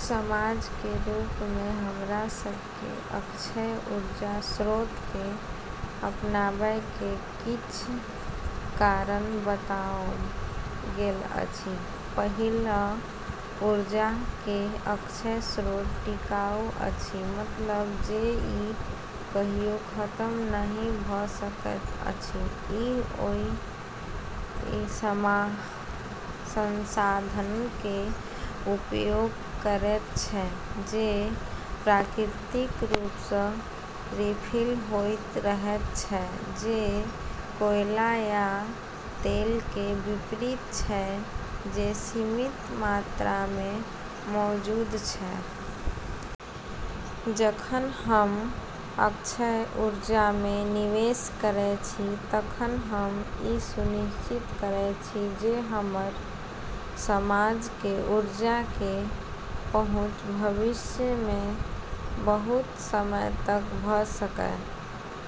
समाजके रूपमे हमरा सभके अक्षय ऊर्जा स्रोतके अपनाबैके किछ कारण बताओल गेल अछि: पहिल, ऊर्जाके अक्षय स्रोत टिकाऊ अछि, मतलब जे ई कहियो खतम नहि भ' सकैत अछि। ई ओइ संसाधनके उपयोग करैत छै जे प्राकृतिक रूपसँ रिफिल होइत रहैत छै, जे कोयला या तेलके विपरीत छै जे सीमित मात्रामे मौजूद छै। जखन हम अक्षय ऊर्जामे निवेश करै छी तखन हम ई सुनिश्चित करै छी जे हमर समाजके ऊर्जाके पहुँच भविष्यमे बहुत समय तक भ' सकै।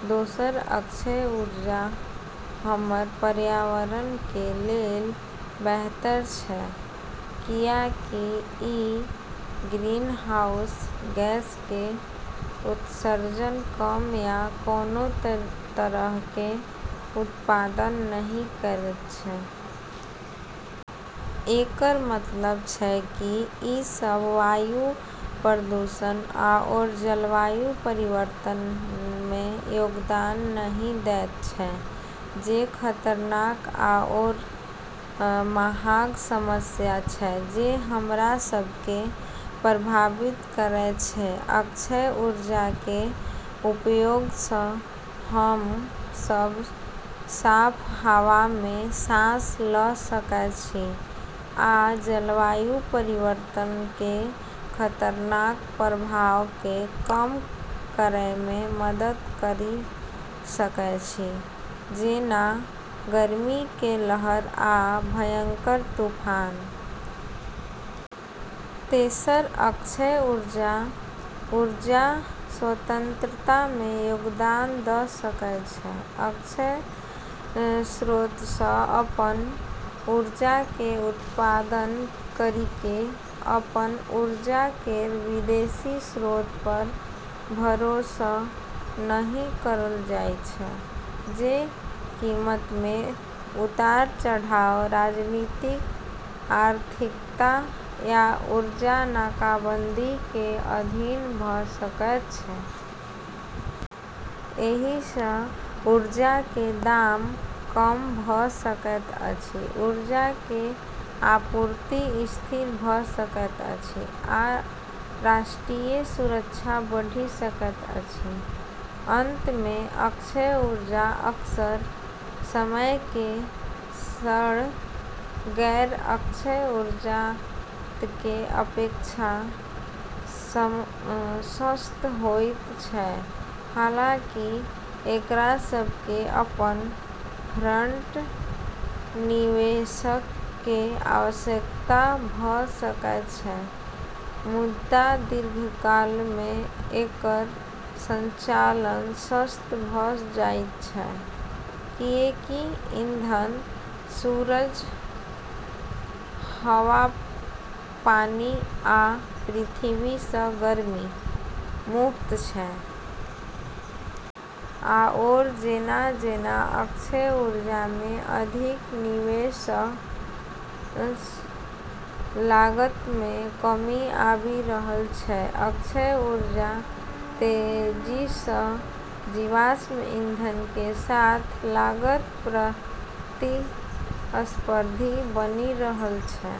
दोसर, अक्षय ऊर्जा हमर पर्यावरणके लेल बेहतर छै, कियाकि ई ग्रीनहाउस गैसके उत्सर्जन कम या कोनो तरहके उत्पादन नहि करैत छै। एकर मतलब छै कि ई सब वायु प्रदूषण आओर जलवायु परिवर्तनमे योगदान नहि दैत छै, जे खतरनाक आओर महाग समस्या छै जे हमरा सबके प्रभावित करै छै। अक्षय ऊर्जाके उपयोगसँ हम सब साफ हवामे सांस ल' सकै छी, आ जलवायु परिवर्तनके खतरनाक प्रभावके कम करैमे मदद करि सकै छी, जेना गर्मीके लहर आ भयंकर तूफान। तेसर, अक्षय ऊर्जा, ऊर्जा- स्वतंत्रतामे योगदान द' सकै छै। अक्षय स्रोतसँ अपन ऊर्जाके उत्पादन करिके अपन ऊर्जा केर विदेशी स्रोत पर भरोस नहि करल जाइ छै जे कीमतमे उतार-चढ़ाव, राजनीतिक अस्थिरता या ऊर्जा नाकाबंदीके अधीन भ' सकै छै। एहिसँ ऊर्जाके दाम कम भ' सकैत अछि, ऊर्जाके आपूर्ति स्थिर भ' सकैत अछि, आ राष्ट्रीय सुरक्षा बढ़ि सकैत अछि। अंतमे, अक्षय ऊर्जा अक्सर समयके सङ्ग गैर-अक्षय स्रोतके अपेक्षा सस्त होइत छै। हालांकि एकरा सबके अप-फ्रंट निवेशके आवश्यकता भ' सकय छै, मुदा दीर्घकालमे एकर संचालन सस्त भ' जाइत छै, किएकि ईंधन (सूरज, हवा, पानि, आ पृथ्वीसँ गर्मी) मुफ्त छै। आओर जेना-जेना अक्षय ऊर्जामे अधिक निवेशसँ लागतमे कमी आबि रहल छै, अक्षय ऊर्जा तेजीसँ जीवाश्म ईंधनके साथ लागत-प्रतिस्पर्धी बनि रहल छै।